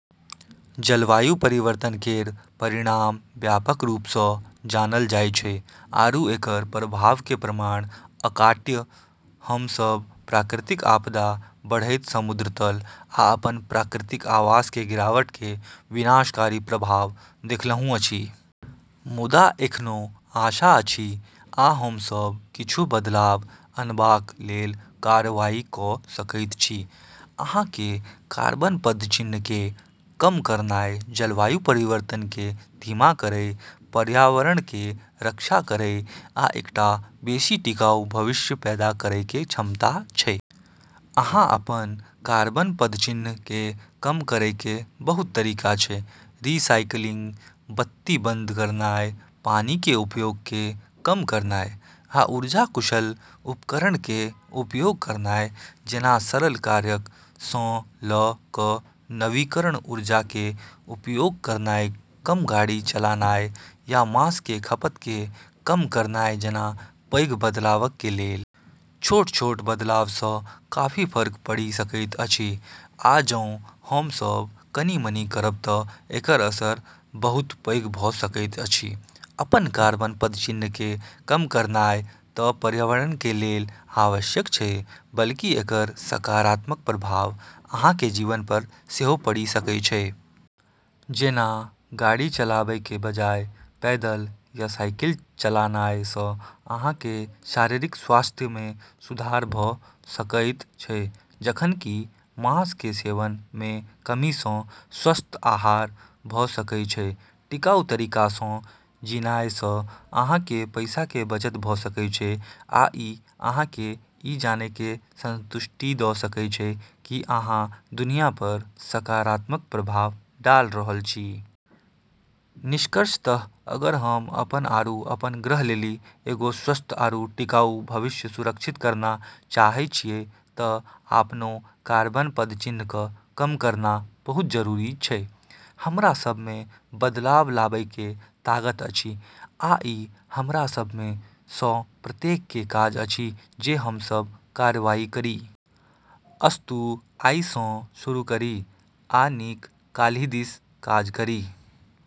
जलवायु परिवर्तन केर परिणाम व्यापक रूप स जानल जाय छै, आरू एकर प्रभाव के प्रमाण अकाट्य छै। हम सब प्राकृतिक आपदा, बढ़ैत समुद्र तल, आ अपन प्राकृतिक आवास के गिरावट के विनाशकारी प्रभाव देखलहुं अछि। मुदा एखनो आशा अछि, आ हम सब किछु बदलाव अनबाक लेल कार्रवाई क सकैत छी। अहां के कार्बन पदचिह्न के कम करनाय जलवायु परिवर्तन के धीमा करय, पर्यावरण के रक्षा करय आ एकटा बेसि टिकाऊ भविष्य पैदा करय के क्षमता छै। अहां अपन कार्बन पदचिह्न के कम करय के बहुत तरीका छै, रिसाइकिलिंग, बत्ती बंद करनाय, पानी के उपयोग के कम करनाय, आ ऊर्जा-कुशल उपकरणक के उपयोग करनाय जैना सरल कार्यक सं ल क नवीकरणीय ऊर्जा के उपयोग करनाय, कम गाड़ी चलानाय, या मांस के खपत के कम करनाय जैना पैघ बदलावक के लेल। छोट-छोट बदलाव स काफी फर्क पड़ि सकैत अछि, आ जौं हम सब कनि-मनि करब त एकर असर बहुत पैघ भ सकैत अछि। अपन कार्बन पदचिह्न के कम करनाय त पर्यावरण के लेल आवश्यक छै, बल्कि एकर सकारात्मक प्रभाव अहां के जीवन पर सेहो पड़ि सकय छै। जेना, गाड़ी चलाबय के बजाय पैदल या साइकिल चलानाय सं अहां के शारीरिक स्वास्थ्य मे सुधार भ सकएयत छै, जखन कि मांस के सेवन मे कमी सं स्वस्थ आहार भ सकएय छै। टिकाऊ तरीका सं जीनाय सं अहां के पैसा के बचत भ सकय छै, आ इ अहां के इ जानय के संतुष्टि द सकय छै कि अहां दुनिया पर सकारात्मक प्रभाव डाल रहल छी। निष्कर्षतः, अगर हम अपन आरू अपन ग्रह लेली एगो स्वस्थ आरू टिकाऊ भविष्य सुरक्षित करना चाहै छियै त आपनो कार्बन पदचिह्न क कम करना बहुत जरूरी छै। हमरा सब में बदलाव लाबय के ताकत अछि, आ ई हमरा सब में स प्रत्येक के काज अछि जे हम सब कार्रवाई करी। अस्तु, आइ सं शुरू करी आ नीक काल्हि दिस काज करी।